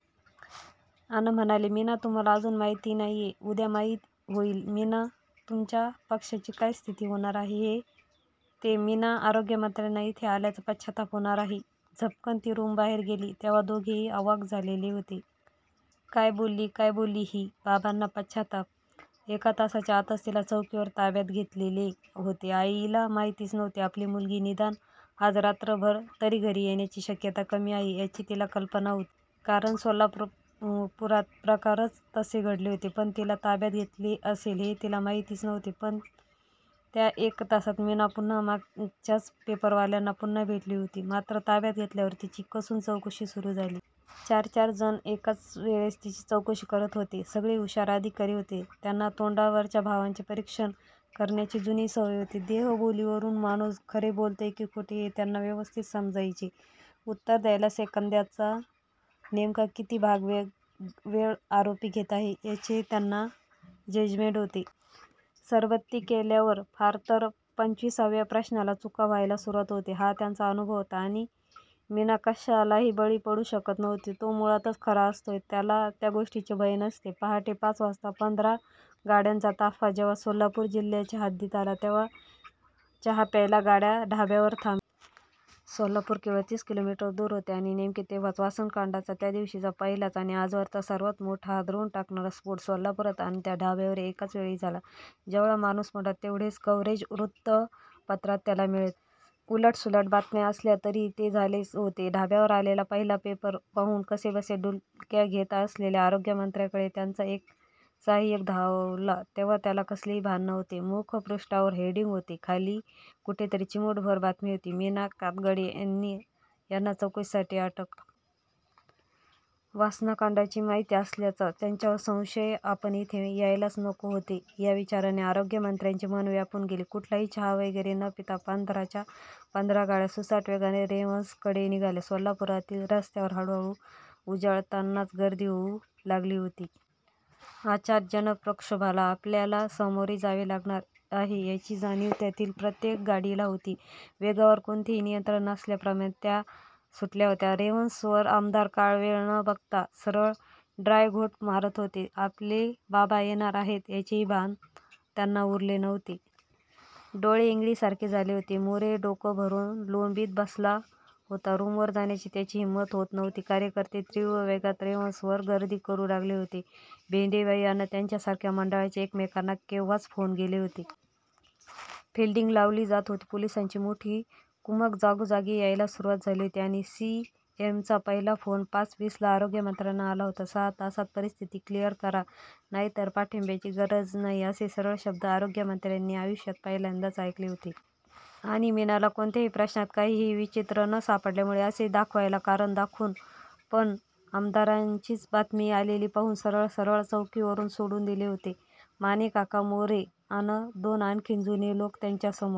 अन म्हणाली: मीना तुम्हाला अजून माहीत नाहीये. उद्या माहीत होईल. मीना तुमच्या पक्षाची काय स्थिती होणार आहे ते, मीना आरोग्यमंत्र्यांना. इथे आल्याचा पश्चात्ताप होणार आहे. झपकन ती रूमबाहेर गेली तेव्हा दोघेही अवाक झालेले होते. काय बोलली? काय बोलली ही? बाबांना पश्चात्ताप? एक तासाच्या आतच तिला चौकीवर ताब्यात घेतलेले होते. आईला माहीतच नव्हते. आपली मुलगी निदान आज रात्रभर तरी घरी येण्याची शक्यता कमी आहे याची तिला कल्पना होती. कारण सोलापुरात प्रकारच तसे घडले होते. पण तिला ताब्यात घेतले असेल हे तिला माहीतच नव्हते. पण त्या एक तासात मीना पुन्हा मगाचच्याच पेपरवाल्यांना पुन्हा भेटली होती. मात्र ताब्यात घेतल्यावर तिची कसून चौकशी सुरू झाली. चारचार जण एकाच वेळेस तिची चौकशी करत होते. सगळे हुषार अधिकारी होते. त्यांना तोंडावरच्या भावांचे परीक्षण करण्याची जुनी सवय होती. देहबोलीवरून माणूस खरे बोलतोय की खोटे हे त्यांना व्यवस्थित समजायचे. उत्तर द्यायला सेकंदाचा नेमका किती भाग वेळ आरोपी घेत आहे याचे त्यांना जजमेंट होते. सरबत्ती केल्यावर फ़ार तर पंचविसाव्या प्रश्नाला चुका व्हायला सुरुवात होते हा त्यांचा अनुभव होता. आणि मीना कशालाही बळी पडू शकत नव्हती. जो मुळातच खरा असतो त्याला या गोष्टींचे भय नसते. पहाटे पाच वाजता पंधरा गाड्यांचा ताफ़ा जेव्हा सोलापूर जिल्ह्याच्या हद्दीत आला तेव्हा चहा प्यायला गाड्या ढाब्यावर थांबल्या. सोलापूर केवळ तीस किलोमीटर दूर होते. आणि नेमके तेव्हाच, वासनाकांडाचा त्या दिवशीचा पहिलाच आणि आजवरचा सर्वात मोठा हादरवून टाकणारा स्फ़ोट सोलापुरात अन त्या ढाब्यावरही एकाचवेळी झाला. जेवढा माणूस मोठा. तेवढे कव्हरेज वृत्तपत्रात त्याला मिळते. उलटसुलट बातम्या असल्या तरीही, ते झालेच होते. ढाब्यावर आलेला पहिला पेपर पाहून कसेबसे डुलक्या घेत असलेल्या आरोग्यमंत्र्यांकडे त्यांचा एक सहाय्यक धावला तेव्हा त्याला कसलेही भान नव्हते. मुखपृष्ठावर हेडिंग होते.खाली कुठेतरी चिमूटभर बातमी होती. मीना कातगडे यांना चौकशीसाठी अटक.. वासनाकांडाची माहिती असल्याचा त्यांच्यावर संशय आपण इथे यायलाच नको होते या विचाराने आरोग्यमंत्र्यांचे मन व्यापून गेले. कुठलाही चहा वगैरे न पिता पंधराच्या पंधरा गाड्या सुसाट वेगाने रेव्हन्सकडे निघाल्या. सोलापुरातील रस्त्यावर हळूहळू उजाडतानाच गर्दी होऊ लागली होती. अचाट जनप्रक्षोभाला आपल्याला सामोरे जावे लागणार आहे याची जाणीव त्यातील प्रत्येक गाडीला होती. वेगावर कोणतेही नियंत्रण नसल्याप्रमाणे त्या सुटल्या होत्या. रेव्हन्सवर आमदार काळवेळ न बघता सरळ ड्राय घोट मारत होते. आपले बाबा येणार आहेत याचेही भान त्यांना उरले नव्हते. डोळे इंगळीसारखे झाले होते. मोरे डोकं धरून लॊबीत बसला होता. रूमवर जाण्याची त्याची हिंमतच होत नव्हती. कार्यकर्ते तीव्र वेगात रेव्हन्सवर गर्दी करू लागले होते. भेंडेबाई अन त्यांच्यासारख्या मंडळांचे एकमेकांना केव्हाच फ़ोन गेले होते. फ़िल्डींग लावली जात होती. पोलिसांची मोठी कुमक जागोजागी यायला सुरुवात झाली होती. आणि सी. एम. चा पहिला फ़ोन पाच वीसला आरोग्यमंत्र्यांना आला होता. सहा तासात परिस्थिती क्लीअर करा नाहीतर पाठिंब्याची गरज नाही असे सरळ शब्द आरोग्यमंत्र्यांनी आयुष्यात पहिल्यांदाच ऐकले होते. आणि मीनाला,'कोणत्याही प्रश्नात काहीही विचित्र न सापडल्यामुळे' असे दाखवायला कारण दाखवून पण आमदारांचीच बातमी आलेली पाहून सरळ-सरळ चौकीवरून सोडून दिले होते. मानेकाका, मोरे अन दोन आणखीन जुने लोक यांच्यासमोर.